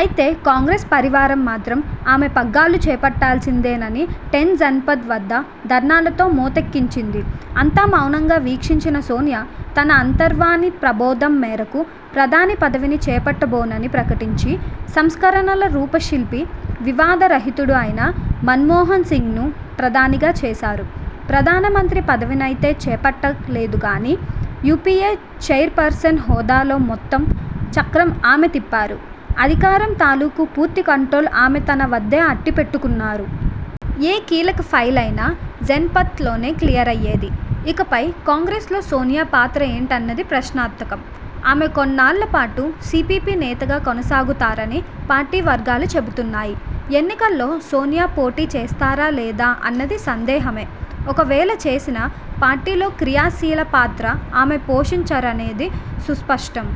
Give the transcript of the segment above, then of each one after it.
అయితే కాంగ్రెస్ పరివారం మాత్రం ఆమె పగ్గాలు చేపట్టాల్సిందేనని టెన్ జన్పథ్ వద్ద ధర్నాలతో మోతెక్కించింది. అంతా మౌనంగా వీక్షించిన సోనియా- తన అంతర్వాణి ప్రబోధం మేరకు- ప్రధాని పదవిని చేపట్టబోనని ప్రకటించి -సంస్కరణల రూపశిల్పి, వివాద రహితుడు అయిన మన్మోహన్సింగ్ను ప్రధానిగా చేశారు. ప్రధానమంత్రి పదవినైతే చేపట్టలేదు గానీ- యూపీఏ ఛైర్ పర్సన్ హోదాలో మొత్తం చక్రం ఆమే తిప్పారు అధికారం తాలూకు పూర్తి కంట్రోలు ఆమె తన వద్దే అట్టిపెట్టుకున్నారు. ఏ కీలక ఫైలైనా టెన్ జన్పథ్లోనే క్లియరయ్యేది. ఇకపై కాంగ్రె్సలో సోనియా పాత్ర ఏంటన్నది ప్రశ్నార్థకం. ఆమె కొన్నాళ్ళ పాటు సీపీపీ నేతగా కొనసాగుతారని పార్టీ వర్గాలు చెబుతున్నాయి. ఎన్నికల్లో సోనియా పోటీ చేస్తారా లేదా అన్నది సందేహమే. ఒకవేళ చేసినా పార్టీలో క్రియాశీల పాత్ర ఆమె పోషించరనేది సుస్పష్టం.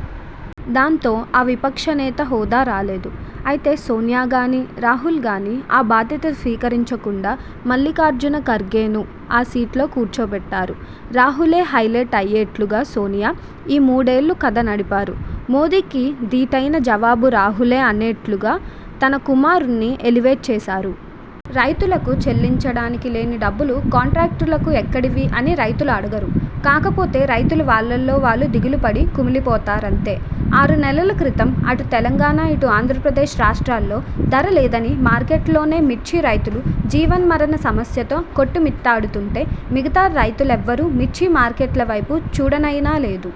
దాంతో ఆ విపక్షనేత హోదా రాలేదు. అయితే సోనియా గానీ, రాహుల్గానీ ఆ బాధ్యత స్వీకరించకుండా మల్లిఖార్జున ఖర్గేను ఆ సీట్లో కూర్చోపెట్టారు. రాహులే హైలైట్ అయ్యేట్లుగా సోనియా- ఈ మూడేళ్ళూ కథ నడిపారు. మోదీకి దీటైన జవాబు రాహులే అనేట్లుగా తన కుమారుణ్ణి ఎలివేట్ చేశారు. రైతులకు చెల్లించడానికి లేని డబ్బులు కాంట్రాక్టర్లకు ఎక్కడివి అని రైతులు అడగరు. కాకపోతే రైతులు వాళ్ళలో వాళ్ళు దిగులుపడి కుమిలిపోతారంతే. ఆరు నెలల క్రితం అటు తెలంగాణ ఇటు ఆంధ్ర ప్రదేశ్ రాష్ట్రాల్లో ధర లేదని మార్కెట్లలోనే మిర్చి రైతులు జీవన్మరణ సమస్యతో కొట్టుమిట్టాడుతుంటే, మిగతా రైతులెవరూ మిర్చి మార్కెట్ల వైపు చూడనయినా లేదు.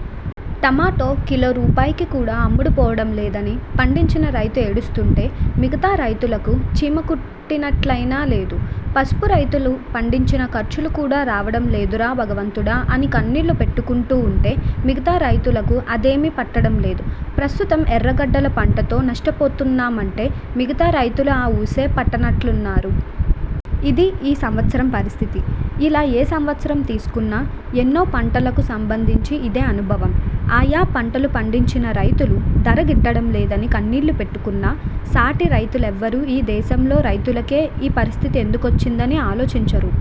టమాటో కిలో రూపాయికి కూడా అమ్ముడుపోవడం లేదని పండించిన రైతు ఏడుస్తుంటే మిగతా రైతులకు చీమకుట్టినట్లయినా లేదు. పసుపురైతులు పండించిన ఖర్చులు కూడా రావడం లేదురా భగవంతుడా అని కన్నీళ్లు పెట్టుకుంటూ ఉంటే మిగతా రైతులకు అదేమీ పట్టడం లేదు. ప్రస్తుతం ఎర్రగడ్డల పంటతో నష్టపోతున్నామంటే మిగతా రైతులు ఆ ఊసే పట్టనట్లున్నారు. ఇది ఈ సంవత్సరం పరిస్థితి. ఇలా ఏ సంవత్సరం తీసుకున్నా, ఎన్నో పంటలకు సంబందించి ఇదే అనుభవం. ఆయా పంటలు పండించిన రైతులు ధర గిట్టడం లేదని కన్నీళ్లు పెట్టుకున్నా, సాటి రైతులెవరూ ఈ దేశంలో రైతులకే ఈ పరిస్థితి ఎందుకొచ్చిందని ఆలోచించరు.